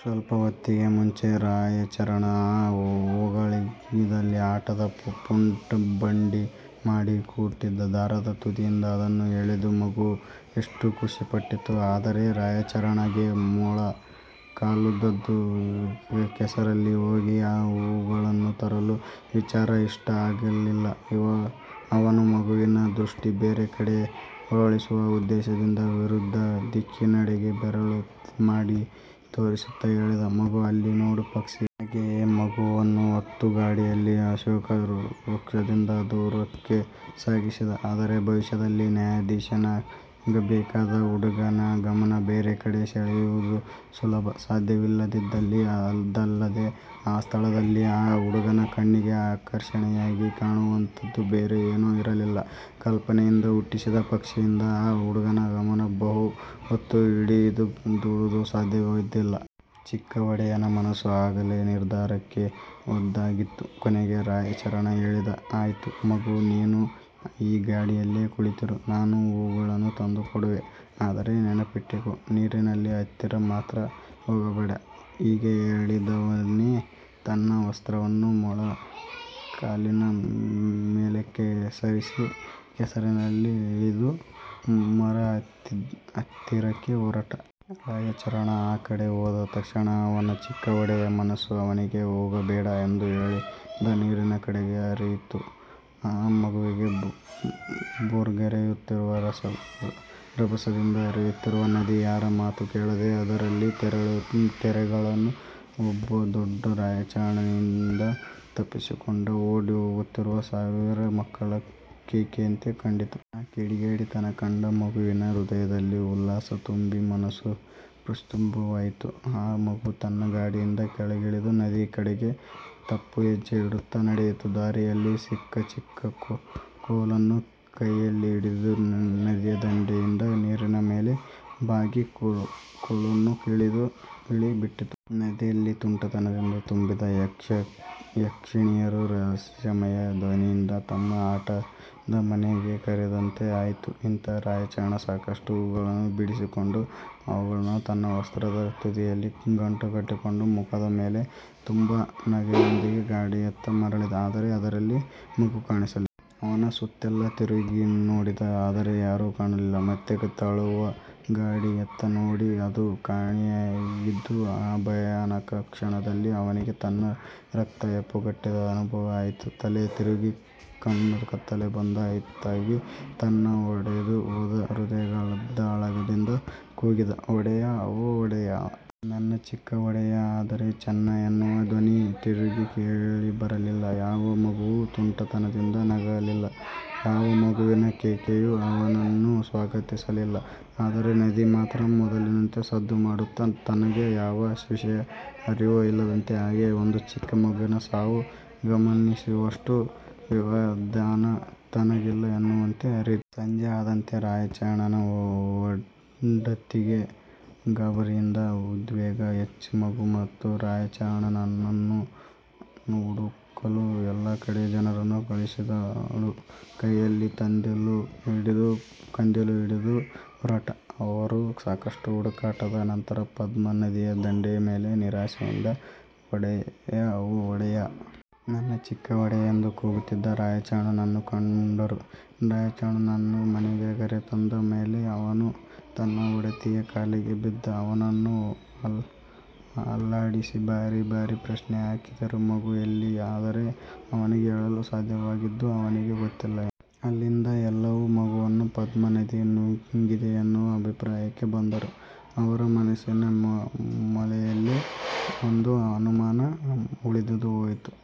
ಸ್ವಲ್ಪ ಹೊತ್ತಿಗೆ ಮುಂಚೆ ರಾಯಚರಣ್ ಆ ಹೂಗಳಿಂದಲೇ ಆಟದ ಪುಟ್ಟ ಬಂಡಿ ಮಾಡಿ ಕೊಟ್ಟಿದ್ದ. ದಾರದ ತುದಿಯಿಂದ ಅದನ್ನು ಎಳೆದು ಮಗು ಎಷ್ಟು ಖುಷಿ ಪಟ್ಟಿತ್ತು. ಆದರೆ ರಾಯಚರಣ್ ಗೆ ಮೊಳ ಕಾಲುದ್ದದ ಕೆಸರಲ್ಲಿ ಹೋಗಿ ಆ ಹೂಗಳನ್ನು ತರುವ ವಿಚಾರ ಇಷ್ಟ ಆಗಲಿಲ್ಲ. ಅವನು ಮಗುವಿನ ದೃಷ್ಟಿ ಬೇರೆ ಕಡೆಗೆ ಹೊರಳಿಸುವ ಉದ್ದೇಶದಿಂದ, ವಿರುದ್ಧ ದಿಕ್ಕಿನೆಡೆಗೆ ಬೆರಳು ಮಾಡಿ ತೋರಿಸುತ್ತ ಹೇಳಿದ "ಮಗು, ಅಲ್ಲಿ ನೋಡು ಪಕ್ಷಿ! ". ಹಾಗೆಯೇ ಮಗುವನ್ನು ಹೊತ್ತ ಗಾಡಿಯನ್ನು ಅಶೋಕ ವೃಕ್ಷದಿಂದ ದೂರಕ್ಕೆ ಸಾಗಿಸಿದ. ಆದರೆ, ಭವಿಷ್ಯದಲ್ಲಿ ನ್ಯಾಯಾಧೀಶನಾಗಬೇಕಾದ ಹುಡುಗನ ಗಮನ ಬೇರೆ ಕಡೆ ಸೆಳೆಯುವುದು ಸುಲಭ ಸಾಧ್ಯವಿದ್ದಿಲ್ಲ. ಅದಲ್ಲದೆ, ಆ ಸ್ಥಳದಲ್ಲಿ ಆ ಹುಡುಗನ ಕಣ್ಣಿಗೆ ಆಕರ್ಷಣೆಯಾಗಿ ಕಾಣುವಂಥದ್ದು ಬೇರೆ ಎನೂ ಇರಲಿಲ್ಲ. ಕಲ್ಪನೆಯಿಂದ ಹುಟ್ಟಿಸಿದ ಪಕ್ಷಿಯಿಂದ ಆ ಹುಡುಗನ ಗಮನ ಬಹು ಹೊತ್ತು ಹಿಡಿದಿಡುವುದು ಸಾಧ್ಯವಿದ್ದಿಲ್ಲ. ಚಿಕ್ಕ ಒಡೆಯನ ಮನಸ್ಸು ಆಗಲೇ ನಿರ್ಧಾರಕ್ಕೆ ಬಂದಾಗಿತ್ತು. ಕೊನೆಗೆ ರಾಯಚರಣ್ ಹೇಳಿದ "ಆಯಿತು, ಮಗು. ನೀನು ಈ ಗಾಡಿಯಲ್ಲೇ ಕುಳಿತಿರು. ನಾನು ಹೂ ಗಳನ್ನು ತಂದು ಕೊಡುವೆ. ಆದರೆ ನೆನಪಿಟ್ಟಿಕೋ, ನೀರಿನ ಹತ್ತಿರ ಮಾತ್ರ ಹೋಗಬೇಡ". ಹೀಗೆ ಹೇಳಿದವನೇ, ತನ್ನ ವಸ್ತ್ರವನ್ನು ಮೊಳ ಕಾಲಿನ ಮೇಲಕ್ಕೆ ಸರಿಸಿ, ಕೆಸರಲ್ಲಿ ಇಳಿದು, ಮರದ ಹತ್ತಿರಕ್ಕೆ ಹೊರಟ. ರಾಯಚರಣ್ ಆ ಕಡೆ ಹೋದ ತಕ್ಷಣ, ಅವನ ಚಿಕ್ಕ ಒಡೆಯನ ಮನಸ್ಸು ಅವನಿಗೆ ಹೋಗಬೇಡ ಎಂದು ಹೇಳಿದ ನೀರಿನ ಕಡೆಗೆ ಹರಿಯಿತು. ಅ ಮಗುವಿಗೆ ಭೋರ್ಗರೆಯುತ್ತಾ, ರಭಸದಿಂದ ಹರೆಯುತ್ತಿದ್ದ ನದಿ, ಯಾರ ಮಾತು ಕೇಳದ ಅದರಲ್ಲಿನ ತೆರೆಗಳು ಒಬ್ಬ ದೊಡ್ಡ ರಾಯಚರಣ್ ನಿಂದ ತಪ್ಪಿಸಿಕೊಂಡು ಓಡಿ ಹೋಗುತ್ತಿರುವ ಸಾವಿರ ಮಕ್ಕಳ ಕೇಕೆಯಂತೆ ಕಂಡಿತು. ಆ ಕಿಡಿಗೇಡಿತನ ಕಂಡ ಮಗುವಿನ ಹೃದಯದಲ್ಲಿ ಉಲ್ಲಾಸ ತುಂಬಿ ಮನಸ್ಸು ಪ್ರಕ್ಷುಬ್ಧವಾಯಿತು. ಆ ಮಗು ತನ್ನ ಗಾಡಿಯಿಂದ ಕೆಳಗಿಳಿದು, ನದಿಯ ಕಡೆಗೆ ತಪ್ಪು ಹೆಜ್ಜೆ ಇಡುತ್ತ ನಡೆಯಿತು. ದಾರಿಯಲ್ಲಿ ಸಿಕ್ಕ ಚಿಕ್ಕ ಕೋಲನ್ನು ಕೈಯಲ್ಲಿ ಹಿಡಿದು, ನದಿಯ ದಂಡೆಯಿಂದ ನೀರಿನ ಮೇಲೆ ಬಾಗಿ, ಕೋಲನ್ನು ಇಳಿ ಬಿಟ್ಟಿತು. ನದಿಯಲ್ಲಿ ತುಂಟತನದಿಂದ ತುಂಬಿದ ಯಕ್ಷ, ಯಕ್ಷಿಣಿಯರು ರಹಸ್ಯಮಯ ಧ್ವನಿಯಿಂದ ತಮ್ಮ ಆಟದ ಮನೆಗೆ ಕರೆದಂತೆ ಆಯಿತು. ಇತ್ತ ರಾಯಚರಣ್ ಸಾಕಷ್ಟು ಹೂ ಗಳನ್ನು ಬಿಡಿಸಿಕೊಂಡು, ಅವುಗಳನ್ನು ತನ್ನ ವಸ್ತ್ರದ ತುದಿಯಲ್ಲಿ ಗಂಟು ಕಟ್ಟಿಕೊಂಡು, ಮುಖದ ಮೇಲೆ ತುಂಬು ನಗೆಯೊಂದಿಗೆ ಗಾಡಿಯತ್ತ ಮರಳಿದ. ಆದರೆ ಅದರಲ್ಲಿ ಮಗುಕಾಣಿಸಲಿಲ್ಲ. ಅವನು ಸುತ್ತೆಲ್ಲ ತಿರುಗಿ ನೋಡಿದ, ಆದರೆ ಯಾರೂ ಕಾಣಲಿಲ್ಲ. ಮತ್ತೆ ತಳ್ಳುವ ಗಾಡಿಯತ್ತ ನೋಡಿದ, ಅದು ಖಾಲಿಯಾಗಿತ್ತು. ಆ ಭಯಾನಕ ಕ್ಷಣದಲ್ಲಿ, ಅವನಿಗೆ ತನ್ನ ರಕ್ತ ಹೆಪ್ಪುಗಟ್ಟಿದ ಅನುಭವ ಆಯಿತು. ತಲೆ ತಿರುಗಿ ಕಣ್ಣು ಕತ್ತಲೆ ಬಂದಂತಾಯಿತು. ತನ್ನ ಒಡೆದು ಹೋದ ಹೃದಯದಾಳದಿಂದ ಕೂಗಿದ "ಒಡೆಯ, ಓ ಒಡೆಯ. ನನ್ನ ಚಿಕ್ಕ ಒಡೆಯ". ಆದರೆ "ಚನ್ನಾ" ಎನ್ನುವ ಧ್ವನಿ ತಿರುಗಿ ಕೇಳಿ ಬರಲಿಲ್ಲ. ಯಾವ ಮಗುವೂ ತುಂಟತನದಿಂದ ನಗಲಿಲ್ಲ. ಯಾವ ಮಗುವಿನ ಕೇಕೆಯು ಅವನನ್ನು ಸ್ವಾಗತಿಸಲಿಲ್ಲ. ಆದರೆ ನದಿ ಮಾತ್ರ ಮೊದಲಿನಂತೆ ಸದ್ದು ಮಾಡುತ್ತಾ, ತನಗೆ ಯಾವ ವಿಷಯದ ಅರಿವೂ ಇಲ್ಲದಂತೆ ಹಾಗೆಯೇ ಒಂದು ಚಿಕ್ಕ ಮಗುವಿನ ಸಾವು ಗಮನಿಸುವಷ್ಟು ವ್ಯವಧಾನ ತನಗಿಲ್ಲ ಎನ್ನುವಂತೆ ಹರಿದಿತ್ತು. ಸಂಜೆ ಆದಂತೆ ರಾಯಚರಣ್ ನ ಒಡತಿಗೆ ಗಾಬರಿಯಿಂದ ಉದ್ವೇಗ ಹೆಚ್ಚಿ, ಮಗು ಮತ್ತು ರಾಯಚರಣ್ ನನ್ನು ಹುಡುಕಲು ಎಲ್ಲ ಕಡೆಗೆ ಜನರನ್ನು ಕಳಿಸಿದಳು. ಕೈಯಲ್ಲಿ ಕಂದೀಲು ಹಿಡಿದು ಹೋರಟ ಅವರು ಸಾಕಷ್ಟು ಹುಡುಕಾಟದ ನಂತರ ಪದ್ಮ ನದಿಯ ದಂಡೆಯ ಮೇಲೆ, ನಿರಾಸೆಯಿಂದ "ಒಡೆಯ, ಓ ಒಡೆಯ. ನನ್ನ ಚಿಕ್ಕ ಒಡೆಯ" ಎಂದು ಕೂಗುತ್ತಿದ್ದ ರಾಯಚರಣ್ ನನ್ನು ಕಂಡರು. ರಾಯಚರಣ್ ನನ್ನು ಮನೆಗೆ ಕರೆ ತಂದ ಮೇಲೆ ಅವನು ತನ್ನ ಒಡತಿಯ ಕಾಲಿಗೆ ಬಿದ್ದ. ಅವನನ್ನು ಅಲ್ಲಾಡಿಸಿ, ಬಾರಿ ಬಾರಿ ಪ್ರಶ್ನೆ ಹಾಕಿದರು "ಮಗು ಎಲ್ಲಿ". ಆದರೆ ಅವನಿಗೆ ಹೇಳಲು ಸಾಧ್ಯವಾಗಿದ್ದು ಅವನಿಗೆ ಗೊತ್ತಿಲ್ಲ ಎಂದು. ಅಲ್ಲಿದ್ದ ಎಲ್ಲರೂ ಮಗುವನ್ನು ಪದ್ಮ ನದಿ ನುಂಗಿದೆ ಎನ್ನುವ ಅಭಿಪ್ರಾಯಕ್ಕೆ ಬಂದರೂ, ಅವರ ಮನಸ್ಸಿನ ಮೂಲೆಯಲ್ಲಿ ಒಂದು ಅನುಮಾನ ಉಳಿದು ಹೋಯಿತು.